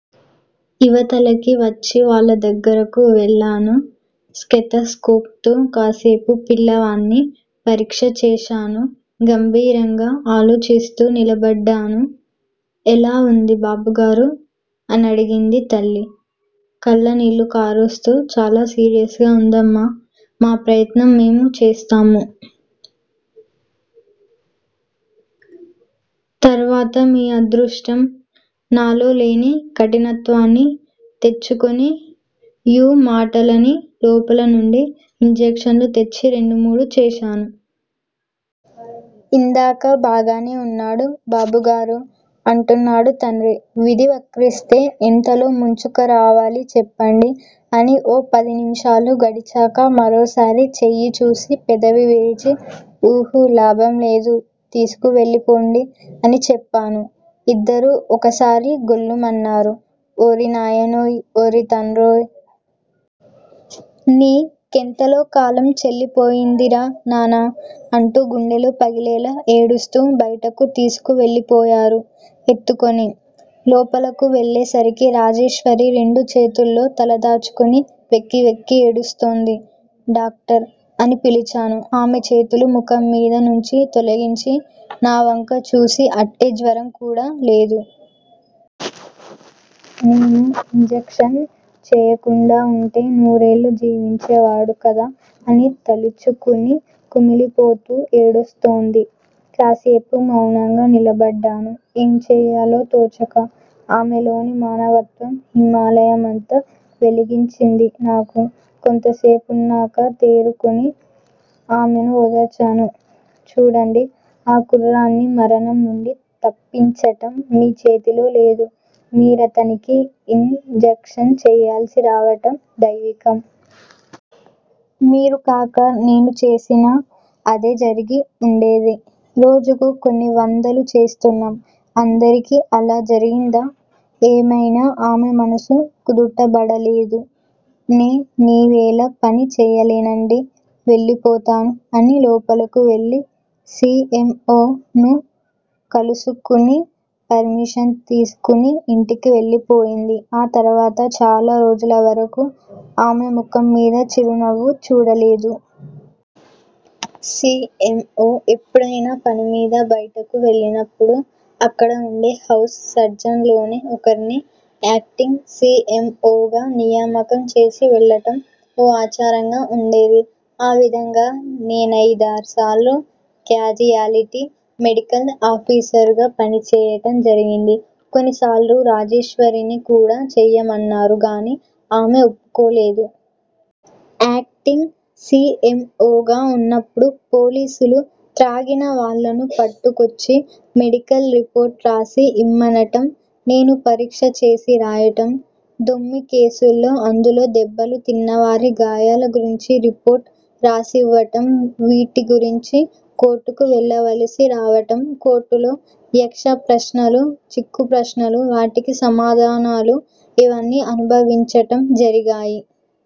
ఇవతలకి వచ్చి వాళ్ళ దగ్గరకు వెళ్ళాను. స్కెతస్కోప్ తో కాసేపు పిల్లావాణ్ణి పరీక్ష చేశాను. గంభీరంగా ఆలోచిస్తూ నిలబడ్డాను. ఎలా వుంది బాబుగారూ! అనడిగింది తల్లి, కళ్ళనీళ్ళు కారుస్తూ. చాలా సీరియస్ గా ఉందమ్మా! మా ప్రయత్నం మేము చేస్తాము. తర్వాత మీ అదృష్టం నాలో లేని కఠినత్వాన్ని తెచ్చుకొని యూ మాటలని లోపల నుండి యింజక్షన్లు తెచ్చి రెండుమూడు చేశాను. ఇందాకా బాగానే ఉన్నాడు బాబుగారూ! అంటున్నాడు తండ్రి. విధి వక్రిస్తే ఎంతలో ముంచుకురావాలి చెప్పండి అని ఓ పదినిమిషాలు గడిచాక మరోసారి చెయ్యిచూసి పెదవి విరిచి ఉహు, లాభం లేదు తీసుకు వెళ్ళిపోండి అని చెప్పాను. ఇద్దరూ ఒకసారి గొల్లుమన్నారు. ఓరి నాయనోయ్! ఓరి తండ్రోయ్! నీ కెంతలో కాలం చెల్లిపోయిందిరా నానా! అంటూ గుండెలు పగిలేలా ఏడుస్తూ బయటకు తీసుకు వెళ్ళిపోయారు, ఎత్తుకుని. లోపలకు వెళ్ళేసరికి రాజేశ్వరి రెండు చేతుల్లో తలదాచుకుని వెక్కివెక్కి ఏడుస్తోంది. డాక్టర్! అని పిలిచాను ఆమె చేతులు ముఖంమీద నుంచి తొలగించి నావంక చూసి అట్టే జ్వరం కూడా లేదు. నేను యింజక్షన్ చేయకుండావుంటే నూరేళ్ళు జీవించే వాడు కదా అని తలుచుకుని కుమిలిపోతూ ఏడుస్తోంది. కాసేపు మౌనంగా నిలబడ్డాను, ఏం చెయ్యాలో తోచక. ఆమెలోని మానవత్వం హిమాలయమంత వెలిగించింది నాకు. కొంతసేపున్నాక తేరుకుని ఆమెను ఓదార్చాను. చూడండి. ఆ కుర్రాణ్ని మరణం నుండి తప్పించటం మీ చేతిలో లేదు మీరతనికి యిన్ జక్షన్ చెయ్యాల్సిరావటం దైవికం. మీరుకాక నేను చేసినా అదే జరిగి వుండేది. రోజుకు కొన్నివందలు చేస్తున్నాం. అందరికీ అలా జరిగిందా? ఏమయినా ఆమె మనస్సు కుదుటబడలేదు. నే నివేళ పని చేయలేనండీ వెళ్ళిపోతాను అని లోపలకువెళ్ళి సి. ఎమ్. ఓ. ను కలుసుకుని, పర్మిషన్ తీసుకుని యింటికి వెళ్ళిపోయింది. ఆ తర్వాత చాలా రోజులవరకూ ఆమె ముఖంమీద చిరునవ్వు చూడలేదు. సి. ఎమ్. ఓ ఎప్పుడైనా పనిమీద బయటకు వెళ్ళినప్పుడు, అక్కడ వుండే హౌస్ సర్జన్లోనే ఒకర్ని యాక్టింగ్ సి. ఎమ్. ఓ. గా నియామకం చేసి వెళ్ళటం ఓ ఆచారంగా ఉండేది. ఆ విధంగా నేనయిదారుసార్లు క్యాజుయాలిటీ మెడికల్ ఆఫీసర్ గా పనిచేయటం జరిగింది. కొన్నిసార్లు రాజేశ్వరిని కూడా చెయ్యమన్నారు గాని, ఆమె ఒప్కోలేదు. Acting C. ఎమ్. ఓ. గా ఉన్నప్పుడు పోలీసులు త్రాగిన వాళ్ళను పట్టుకొచ్చి మెడికల్ రిపోర్ట్ రాసి యిమ్మనటం, నేను పరీక్ష చేసి రాయటం, దొమ్మీ కేసుల్లో అందులో దెబ్బలు తిన్నవారి గాయాలగురించి రిపోర్టు రాసివ్వటం వీటిగురించి కోర్టుకు వెళ్ళవలసి రావటం, కోర్టులో యక్షప్రశ్నలు, చిక్కుప్రశ్నలు, వాటికి సమాధానాలూ _ ఇవన్నీ అనుభవించటం జరిగాయి.